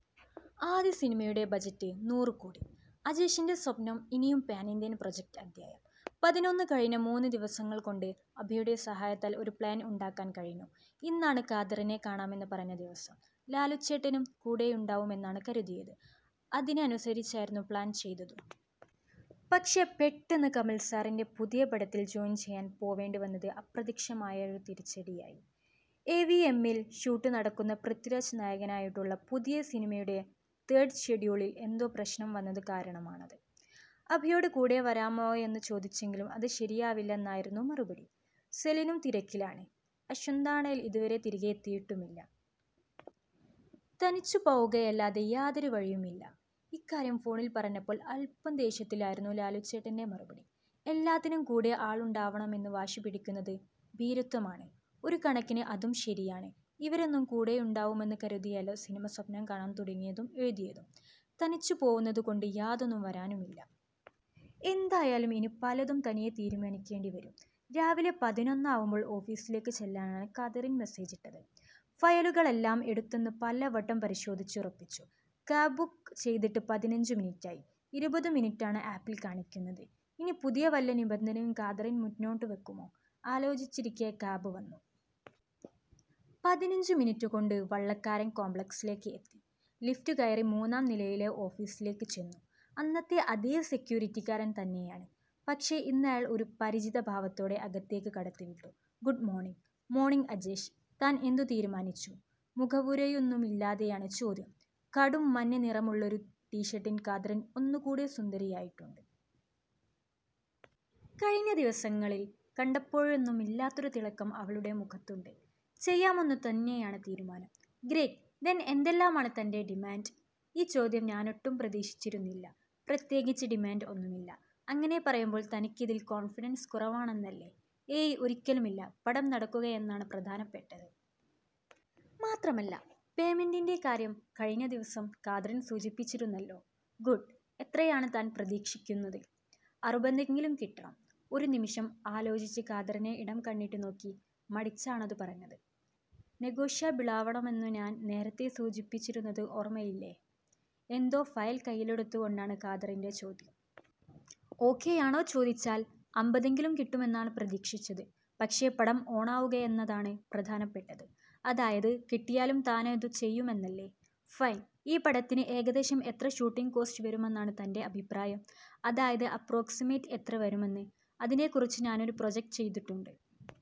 ആദ്യ സിനിമയുടെ ബജറ്റ് നൂറു കോടി, അജേഷിന്റെ സ്വപ്നം ഇനി പാൻ ഇന്ത്യൻ പ്രോജക്ട് അധ്യായം: പതിനൊന്ന് കഴിഞ്ഞ മൂന്നു ദിവസങ്ങൾകൊണ്ട്, അഭിയുടെ സഹായത്താൽ ഒരു പ്ലാൻ ഉണ്ടാക്കാൻ കഴിഞ്ഞു. ഇന്നാണ്, കാതറിനെ കാണാമെന്നു പറഞ്ഞ ദിവസം. ലാലുച്ചേട്ടനും കൂടെയുണ്ടാവുമെന്നാണ് കരുതിയത്. അതിന് അനുസരിച്ചായിരുന്നു പ്ലാൻ ചെയ്തതും. പക്ഷേ പെട്ടെന്ന്, കമൽസാറിന്റെ പുതിയ പടത്തിൽ ജോയിൻ ചെയ്യാൻ പോവേണ്ടി വന്നത് അപ്രതീക്ഷിതമായയൊരു തിരിച്ചടിയായി. എവിഎമ്മിൽ ഷൂട്ടുനടക്കുന്ന പൃഥ്വിരാജ് നായകനായിട്ടുള്ള പുതിയ സിനിമയുടെ തേർഡ് ഷെഡ്യൂളിൽ എന്തോ പ്രശ്നം വന്നതു കാരണമാണത്. അഭിയോട് കൂടെ വരാമോയെന്നു ചോദിച്ചെങ്കിലും അതു ശരിയാവില്ലെന്നായിരുന്നു മറുപടി. സെലിനും തിരക്കിലാണ്. അശ്വന്താണേൽ ഇതുവരെ തിരികെ എത്തിയിട്ടുമില്ല. തനിച്ചു പോവുകയല്ലാതെ യാതൊരു വഴിയുമില്ല. ഇക്കാര്യം ഫോണിൽ പറഞ്ഞപ്പോൾ അൽപ്പം ദേഷ്യത്തിലായിരുന്നു ലാലുച്ചേട്ടൻ്റെ മറുപടി. "എല്ലാത്തിനും കൂടെ ആളുണ്ടാവണമെന്നു വാശി പിടിക്കുന്നത് ഭീരുത്വമാണ്. " ഒരു കണക്കിന് അതും ശരിയാണ്. ഇവരൊന്നും കൂടെയുണ്ടാവുമെന്നു കരുതിയല്ല സിനിമ സ്വപ്നം കാണാൻ തുടങ്ങിയതും എഴുതിയതും. തനിച്ചു പോവുന്നതുകൊണ്ട് യാതൊന്നും വരാനുമില്ല. എന്തായാലും ഇനി പലതും തനിയെ തീരുമാനിക്കേണ്ടി വരും. രാവിലെ പതിനൊന്നാവുമ്പോൾ ഓഫീസിലേക്ക് ചെല്ലാനാണ് കാതറിൻ മെസേജിട്ടത്. ഫയലുകളെല്ലാം എടുത്തെന്ന് പലവട്ടം പരിശോധിച്ചുറപ്പിച്ചു. കാബ് ബുക്ക് ചെയ്തിട്ട് പതിനഞ്ചു മിനിറ്റായി. ഇരുപതു മിനുട്ടാണ് ആപ്പിൽ കാണിക്കുന്നത്. ഇനി പുതിയ വല്ല നിബന്ധനയും കാതറിൻ മുന്നോട്ടു വെക്കുമോ? ആലോചിച്ചിരിക്കെ കാബ് വന്നു. പതിനഞ്ചു മിനിറ്റുകൊണ്ട്, വള്ളക്കാരൻ കോംപ്ലക്സിലേക്ക് എത്തി. ലിഫ്റ്റുകയറി മൂന്നാം നിലയിലെ ഓഫീസിലേക്ക് ചെന്നു. അന്നത്തെ അതേ സെക്യൂരിറ്റിക്കാരൻ തന്നെയാണ്. പക്ഷേ, ഇന്നയാൾ ഒരു പരിചിത ഭാവത്തോടെ അകത്തേക്ക് കടത്തിവിട്ടു. "Good morning? " "മോണിംഗ് അജേഷ്. താൻ എന്തു തീരുമാനിച്ചു? " മുഖവുരയൊന്നുമില്ലാതെയാണ് ചോദ്യം. കടുംമഞ്ഞ നിറമുള്ളൊരു ടീഷർട്ടിൽ കാതറിൻ ഒന്നുകൂടെ സുന്ദരിയായിട്ടുണ്ട്. കഴിഞ്ഞ ദിവസങ്ങളിൽ കണ്ടപ്പോഴൊന്നുമില്ലാത്തൊരു തിളക്കം അവളുടെ മുഖത്തുണ്ട്. "ചെയ്യാമെന്നു തന്നെയാണ് തീരുമാനം" "ഗ്രേറ്റ്, ദെൻ എന്തെല്ലാമാണ് തന്റെ ഡിമാന്റ്? " ഈ ചോദ്യം ഞാനൊട്ടും പ്രതീക്ഷിച്ചിരുന്നില്ല. "പ്രത്യേകിച്ച് ഡിമാന്റ് ഒന്നുമില്ല" "അങ്ങനെ പറയുമ്പോൾ തനിക്കിതിൽ കോൺഫിഡൻസ് കുറവാണന്നല്ലേ? " "ഏയ്, ഒരിക്കലുമില്ല. പടം നടക്കുകയെന്നതാണ് പ്രധാനപ്പെട്ടത്. മാത്രമല്ല പേയ്മെന്റിന്റെ കാര്യം കഴിഞ്ഞ ദിവസം കാതറിൻ സൂചിപ്പിച്ചിരുന്നല്ലോ? " "ഗുഡ്. എത്രയാണ് താൻ പ്രതീക്ഷിക്കുന്നത്? " "അറുപതെങ്കിലും കിട്ടണം" ഒരുനിമിഷം ആലോചിച്ച്, കാതറിനെ ഇടംകണ്ണിട്ട് നോക്കി. മടിച്ചാണതു പറഞ്ഞത്. "നെഗോഷ്യബിളാവണമെന്നു ഞാൻ നേരത്തെ സൂചിപ്പിച്ചിരുന്നത് ഓർമയിലില്ലേ? " എന്തോ ഫയൽ കയ്യിലെടുത്തുകൊണ്ടാണ് കാതറിന്റെ ചോദ്യം. " "ഓകെയാണോ ചോദിച്ചാൽ, അമ്പതെങ്കിലും കിട്ടുമെന്നാണ് പ്രതീക്ഷിച്ചത്. പക്ഷേ പടം ഓണാവുകയെന്നതാണ് പ്രധാനപ്പെട്ടത്. " "അതായത്, കിട്ടിയാലും താനതു ചെയ്യുമെന്നല്ലേ? " "ഫൈൻ. ഈ പടത്തിന് ഏകദേശം എത്ര ഷൂട്ടിംഗ് കോസ്റ്റ് വരുമെന്നാണ് തന്റെ അഭിപ്രായം. അതായത് അപ്രോക്സിമേറ്റ് എത്ര വരുമെന്ന്? " "അതിനെക്കുറിച്ച് ഞാനൊരു പ്രോജക്ട് ചെയ്തിട്ടുണ്ട്.